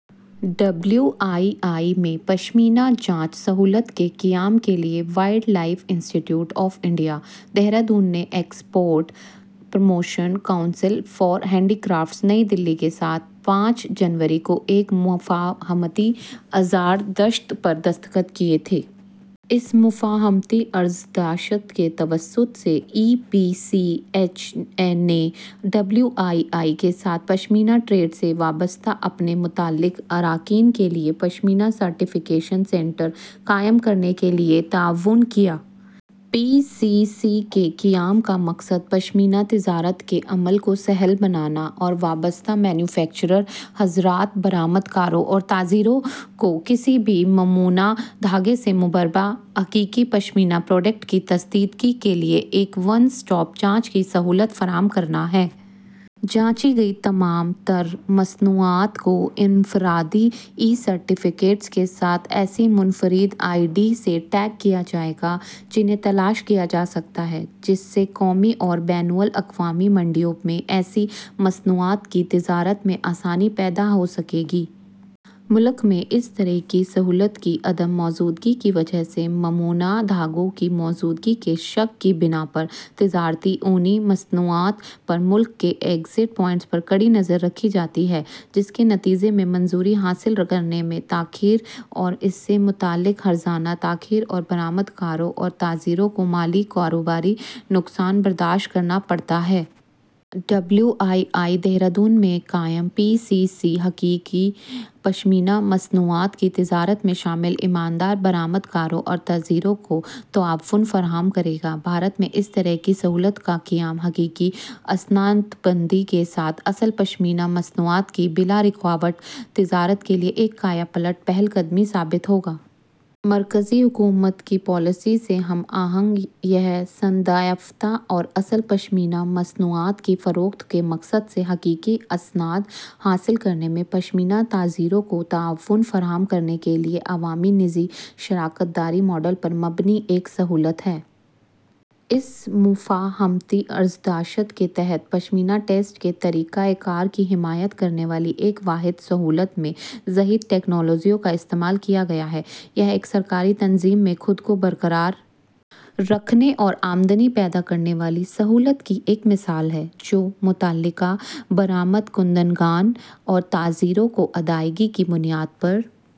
W I I میں 'پشمینہ جانچ سہولت' کے قیام کے لیے wildlife institute of India, Dehradun نے export promotion council for handicrafts, نئی دہلی کے ساتھ پانچ جنوری کو ایک 'مفاہمتی عرضداشت' پر دستخط کیے تھے۔ اس مفاہمتی عرضداشت کے توسط سے، ای پی سی ایچ نے ڈبلیو آئی آئی کے ساتھ پشمینہ ٹریڈ سے وابستہ اپنے متعلقہ اراکین کے لیے پشمینہ سرٹیفکیشن سینٹر قائم کرنے کے لیے تعاون کیا۔ پی سی سی کے قیام کا مقصد پشمینہ تجارت کے عمل کو سہل بنانا اور وابستہ مینوفیکچرر حضرات، برآمدکاروں، اور تاجروں کو کسی بھی ممنوعہ دھاگے سے مبرا حقیقی پشمینہ پروڈکٹ کی تصدیق کے لیے ایک وَن اسٹاپ جانچ کی سہولت فراہم کرنا ہے۔ چانچی گئیں تمام تر مصنوعات کو انفرادی ای۔ سرٹیفکیٹس کے ساتھ ایسی منفرد آئی ڈی سے ٹیگ کیا جائے گا جنہیں تلاش کیا جا سکتا ہے، جس سے قومی اور بین الاقوامی منڈیوں میں ایسی مصنوعات کی تجارت میں آسانی پیدا ہو سکے گی۔ ملک میں اس طرح کی سہولت کی عدم موجودگی کی وجہ سے، ممنوعہ دھاگوں کی موجودگی کے شک کی بنا پر تجارتی اونی مصنوعات پر ملک کے ایگزٹ پوائنٹس پر کڑی نظر رکھی جاتی ہے، جس کے نتیجے میں منظوری حاصل کرنے میں تاخیر اور اس سے متعلق حرجانہ تاخیر، اور برآمدکاروں اور تاجروں کو مالی/کاروباری نقصان برداشت کرنا پڑتا ہے۔ ڈبلیو آئی آئی، دہرادون میں قائم پی سی سی حقیقی پشمینہ مصنوعات کی تجارت میں شامل ایماندار برآمدکاروں اور تاجروں کو تعاون فراہم کرے گا۔ بھارت میں اس طرح کی سہولت کا قیام حقیقی اسنادبندی کے ساتھ اصل پشمینہ مصنوعات کی بلارکاوٹ تجارت کے لیے ایک کایہ پلٹ پہل قدمی ثابت ہوگا۔ مرکزی حکومت کی پالیسی سے ہم آہنگ، یہ سند یافتہ اور اصل پشمینہ مصنوعات کی فروخت کے مقصد سے حقیقی اسناد حاصل کرنے میں پشمینہ تاجروں کو تعاون فراہم کرنے کے لیے عوامی – نجی شراکت داری ماڈل پر مبنی ایک سہولت ہے۔ اس مفاہمتی عرضداشت کے تحت، پشمینہ ٹیسٹ کے طریقہ کار کی حمایت کرنے والی ایک واحد سہولت میں جدید تکنالوجیوں کا استعمال کیا گیا ہے۔ یہ ایک سرکاری تنظیم میں خود کو برقرار رکھنے اور آمدنی پیدا کرنے والی سہولت کی ایک مثال ہے جو متعلقہ برآمد کنندگان اور تاجروں کو ادائیگی کی بنیاد پر